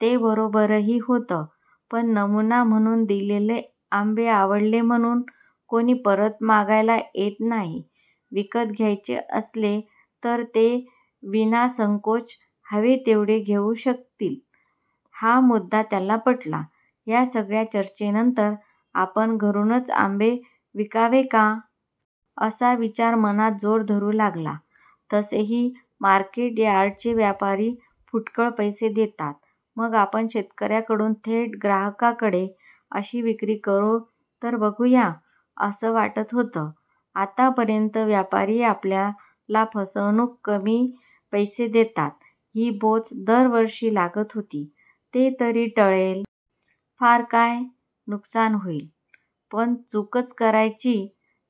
ते बरोबरही होतं. पण नमुना म्हणून दिलेले आंबे आवडले म्हणून कोणी परत मागायला येत नाही. विकत घ्यायचे असले, तर ते विनासंकोच हवे तेवढे घेऊ शकतील, हा मुद्दा त्याला पटला. ह्या सगळ्या चर्चेनंतर आपण घरूनच आंबे विकावे का? असा विचार मनात जोर धरू लागला. तसेही मार्केट यार्डचे व्यापारी फुटकळ पैसे देतात. मग आपण 'शेतकऱ्याकडून थेट ग्राहकांकडे' अशी विक्री करून तर बघूया, असं वाटत होतं. आतापर्यंत व्यापारी आपल्याला फसवून कमी पैसे देतात, ही बोच दरवर्षी लागत होती, ते तरी टळेल. फार काय, नुकसान होईल. पण चूकच करायची,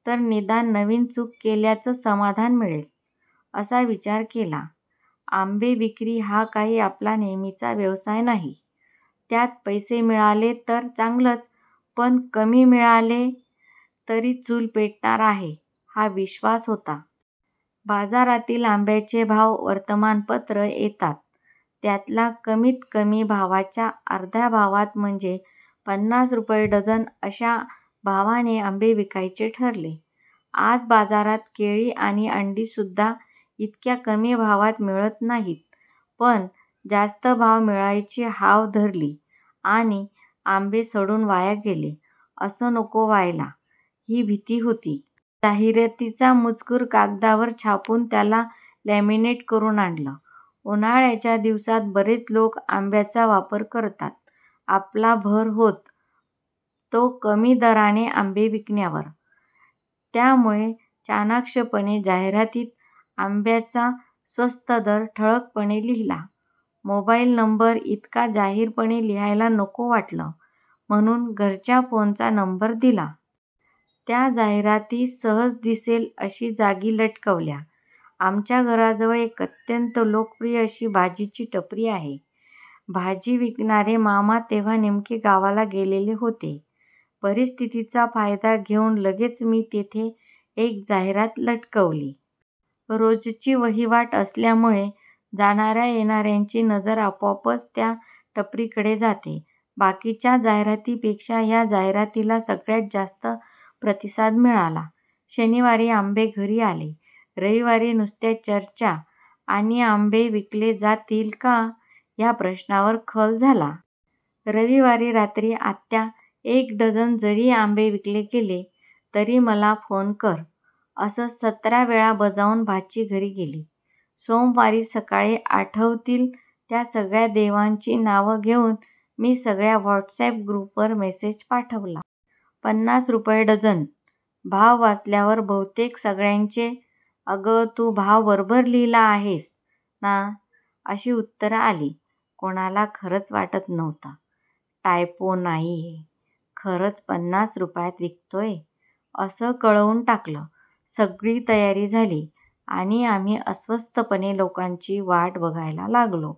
तर निदान नवीन चूक केल्याचं समाधान मिळेल, असा विचार केला. आंबे विक्री हा काही आपला नेहमीचा व्यवसाय नाही. त्यात पैसे मिळाले तर चांगलंच पण कमी मिळाले, तरी चूल पेटणार आहे, हा विश्र्वास होता. बाजारातील आंब्यांचे भाव वर्तमानपत्रात येतात. त्यातल्या कमीतकमी भावाच्या अर्ध्या भावात म्हणजे पन्नास रुपये डझन अशा भावाने आंबे विकायचे ठरवले. आज बाजारात केळी किंवा अंडी सुद्धा इतक्या कमी भावात मिळत नाहीत. पण जास्त भाव मिळायची हाव धरली आणि आंबे सडून वाया गेले, असं नको व्हायला, ही भीती होती. जाहिरातीचा मजकूर कागदावर छापून त्याला लॅमीनेट करून आणलं. उन्हाळ्याच्या दिवसांत बरेच लोक आंब्यांचा व्यापार करतात. आपला भर होत, तो कमी दराने आंबे विकण्यावर. त्यामुळे चाणाक्षपणे जाहिरातीत आंब्यांचा स्वस्त दर ठळकपणे लिहिला. मोबाईल नंबर इतका जाहीरपणे लिहायला नको वाटलं, म्हणून घरच्या फोनचा नंबर दिला. त्या जाहिराती सहज दिसेल, अशा जागी लटकवल्या. आमच्या घराजवळ एक अत्यंत लोकप्रिय अशी भाजीची टपरी आहे. भाजी विकणारे मामा तेव्हा नेमके गावाला गेलेले होते. परिस्थितीचा फायदा घेऊन लगेच मी तिथे एक जाहिरात लटकवली. रोजची वहिवाट असल्यामुळे जाणाऱ्या-येणाऱ्यांची नजर आपोआपच त्या टपरीकडे जाते. बाकीच्या जाहिरातींपेक्षा ह्या जाहिरातीला सगळ्यात जास्त प्रतिसाद मिळाला! शनिवारी आंबे घरी आले. रविवारी नुसत्या चर्चा आणि आंबे विकले जातील का? ह्या प्रश्नांवर खल झाला. रविवारी रात्री 'आत्या, एक डझन जरी आंबे विकले गेले, तरी मला फोन कर' असं सतरा वेळा बजावून भाची घरी गेली. सोमवारी सकाळी आठवतील त्या सगळ्या देवांची नावं घेऊन मी सगळ्या व्हॉट्स अॅप ग्रुपवर मेसेज पाठवला. 'पन्नास रुपये डझन' भाव वाचल्यावर बहुतेक सगळ्यांचे 'अग, तू भाव बरोबर लिहिला आहेस ना? ' अशी उत्तरं आली! कोणाला खरंच वाटत नव्हतं. 'टायपो नाहीये. खरंच पन्नास रुपयांत विकतोय, असं कळवून टाकलं. सगळी तयारी झाली आणि आम्ही अस्वस्थपणे लोकांची वाट बघायला लागलो.